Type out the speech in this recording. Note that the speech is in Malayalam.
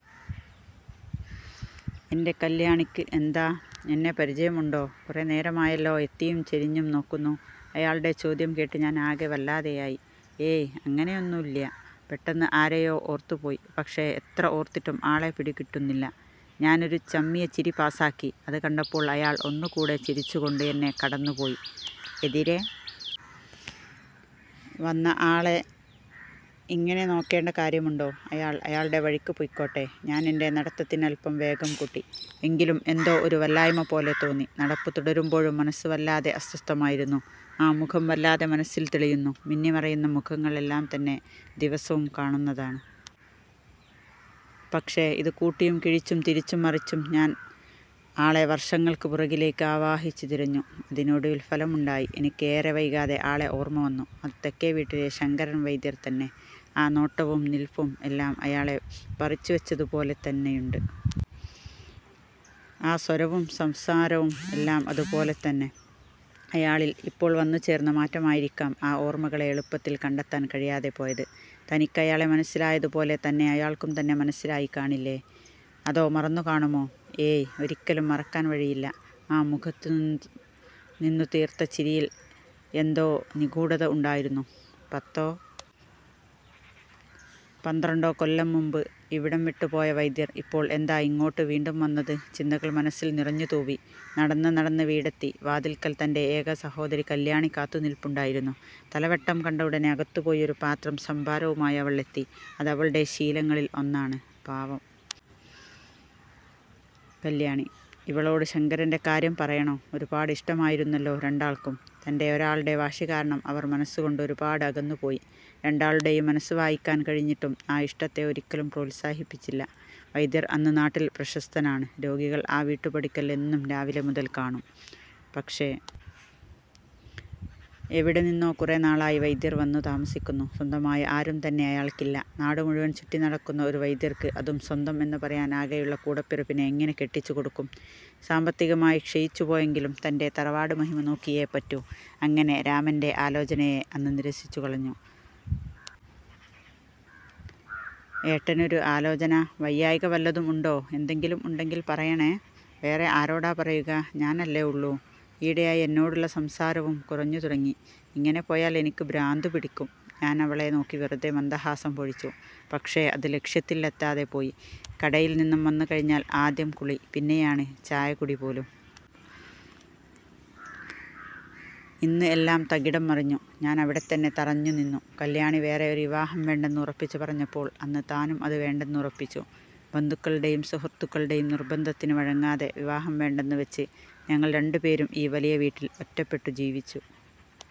എൻ്റെ കല്യാണിക്ക് എന്താ, എന്നെ പരിചയം ഉണ്ടോ. കുറെ നേരമായല്ലോ എത്തിയും ചരിഞ്ഞും നോക്കുന്നു. അയാളുടെ ചോദ്യം കേട്ട് ഞാൻ ആകെ വല്ലാതെയായി. ഏയ്, അങ്ങനെയൊന്നൂല്ല്യ. പെട്ടെന്ന് ആരെയോ ഓർത്ത് പോയി. പക്ഷേ എത്ര ഓർത്തിട്ടും ആളെ പിടികിട്ടുന്നില്ല. ഞാൻ ഒരു ചമ്മിയ ചിരി പാസ്സാക്കി. അത് കണ്ടപ്പോൾ അയാൾ ഒന്നു കൂടെ ചിരിച്ചുകൊണ്ട് എന്നെ കടന്നുപോയി. എതിരെ വന്ന ആളെ ഇങ്ങനെ നോക്കേണ്ട കാര്യമുണ്ടോ. അയാൾ അയാളുടെ വഴിക്ക് പൊയ്ക്കോട്ടെ. ഞാൻ എൻ്റെ നടത്തത്തിന് അല്പം വേഗം കൂട്ടി. എങ്കിലും എന്തോ ഒരു വല്ലായ്മ പോലെ തോന്നി. നടപ്പ് തുടരുമ്പോഴും മനസ്സ് വല്ലാതെ അസ്വസ്ഥമായിരുന്നു.ആ മുഖം വല്ലാതെ മനസ്സിൽ തെളിയുന്നു. മിന്നിമറയുന്ന മുഖങ്ങൾ എല്ലാം തന്നെ ദിവസവും കാണുന്നതാണ്. പക്ഷേ ഇത് കൂട്ടിയും കിഴിച്ചും തിരിച്ചും മറിച്ചും ഞാൻ ആളെ വർഷങ്ങൾക്ക് പുറകിലേക്ക് ആവാഹിച്ച് തിരഞ്ഞു. അതിന് ഒടുവിൽ ഫലം ഉണ്ടായി. എനിക്ക് ഏറെ വൈകാതെ ആളെ ഓർമ വന്നു.അത് തെക്കേ വീട്ടിലെ ശങ്കരൻ വൈദ്യർ തന്നെ. ആ നോട്ടവും നിൽപ്പും എല്ലാം അയാളെ പറിച്ചുവച്ചതുപോലെ തന്നെയുണ്ട്. ആ സ്വരവും സംസാരവും എല്ലാം അതുപോലെ തന്നെ. അയാളിൽ ഇപ്പോൾ വന്നുചേർന്ന മാറ്റമായിരിക്കാം ആ ഓർമകളെ എളുപ്പത്തിൽ കണ്ടെത്താൻ കഴിയാതെ പോയത്. തനിക്ക് അയാളെ മനസ്സിലായതുപോലെ തന്നെ അയാൾക്കും തന്നെ മനസ്സിലായി കാണില്ലേ. അതോ മറന്നുകാണുമോ. ഏയ്, ഒരിക്കലും മറക്കാൻ വഴിയില്ല. ആ മുഖത്തുനിന്നുതിർന്ന ചിരിയിൽ എന്തോ നിഗൂഢത ഉണ്ടായിരുന്നു. പത്തോ പന്ത്രണ്ടോ കൊല്ലം മുൻപ് ഇവിടം വിട്ടുപോയ വൈദ്യർ ഇപ്പോൾ എന്താ ഇങ്ങോട്ട് വീണ്ടും വന്നത്. ചിന്തകൾ മനസ്സിൽ നിറഞ്ഞുതൂവി. നടന്ന് നടന്ന് വീടെത്തി. വാതിൽക്കൽ തൻ്റെ ഏക സഹോദരി കല്യാണി കാത്തുനിൽപ്പുണ്ടായിരുന്നു. തലവെട്ടം കണ്ട ഉടനെ അകത്തുപോയി ഒരു പാത്രം സംഭാരവുമായി അവൾ എത്തി. അത് അവളുടെ ശീലങ്ങളിൽ ഒന്നാണ്. പാവം കല്യാണി. ഇവളോട് ശങ്കരൻ്റെ കാര്യം പറയണോ. ഒരുപാട് ഇഷ്ടമായിരുന്നല്ലോ രണ്ടാൾക്കും. തൻ്റെ ഒരാളുടെ വാശികാരണം അവർ മനസ്സുകൊണ്ട് ഒരുപാട് അകന്നുപോയി. രണ്ടാളുടെയും മനസ്സ് വായിക്കാൻ കഴിഞ്ഞിട്ടും ആ ഇഷ്ടത്തെ ഒരിക്കലും പ്രോത്സാഹിപ്പിച്ചില്ല. വൈദ്യർ അന്ന് നാട്ടിൽ പ്രശസ്തനാണ്. രോഗികൾ ആ വീട്ടുപടിക്കൽ എന്നും രാവിലെ മുതൽ കാണും.പക്ഷേ, എവിടെ നിന്നോ കുറെ നാളായി വൈദ്യൻ വന്നു താമസിക്കുന്നു. സ്വന്തമായി ആരും തന്നെ അയാൾക്കില്ല. നാടുമുഴുവൻ ചുറ്റിനടക്കുന്ന ഒരു വൈദ്യർക്ക് അതും സ്വന്തം എന്ന് പറയാൻ ആകെയുള്ള കൂടപ്പിറപ്പിനെ എങ്ങനെ കെട്ടിച്ചുകൊടുക്കും. സാമ്പത്തികമായി ക്ഷയിച്ചുപോയെങ്കിലും തൻ്റെ തറവാട് മഹിമ നോക്കിയേ പറ്റൂ. അങ്ങനെ രാമൻ്റെ ആലോചനയെ അന്ന് നിരസിച്ചുകളഞ്ഞു. എന്താ ഏട്ടന് ഒരു ആലോചന. വയ്യായ്ക വല്ലതും ഉണ്ടോ. എന്തെങ്കിലും ഉണ്ടെങ്കിൽ പറയണേ. വേറെ ആരോടാ പറയുക. ഞാൻ അല്ലേ ഉള്ളൂ. ഈയിടെയായി എന്നോടുള്ള സംസാരവും കുറഞ്ഞുതുടങ്ങി. ഇങ്ങനെ പോയാൽ എനിക്ക് ഭ്രാന്തുപിടിക്കും. ഞാൻ അവളെ നോക്കി വെറുതെ മന്ദഹാസം പൊഴിച്ചു. പക്ഷേ അത് ലക്ഷ്യത്തിൽ എത്താതെപോയി. കടയിൽനിന്നും വന്നുകഴിഞ്ഞാൽ ആദ്യം കുളി, പിന്നെയാണ് ചായകുടി പോലും. ഇന്ന് എല്ലാം തകിടംമറിഞ്ഞു. ഞാൻ അവിടെത്തന്നെ തറഞ്ഞുനിന്നു. കല്യാണി വേറെ ഒരു വിവാഹം വേണ്ടെന്ന് ഉറപ്പിച്ചു പറഞ്ഞപ്പോൾ അന്ന് താനും അത് വേണ്ടെന്ന് ഉറപ്പിച്ചു. ബന്ധുക്കളുടെയും സുഹൃത്തുക്കളുടെയും നിർബന്ധത്തിന് വഴങ്ങാതെ വിവാഹം വേണ്ടെന്നുവച്ച് ഞങ്ങൾ രണ്ടുപേരും ഈ വലിയ വീട്ടിൽ ഒറ്റപ്പെട്ടു ജീവിച്ചു.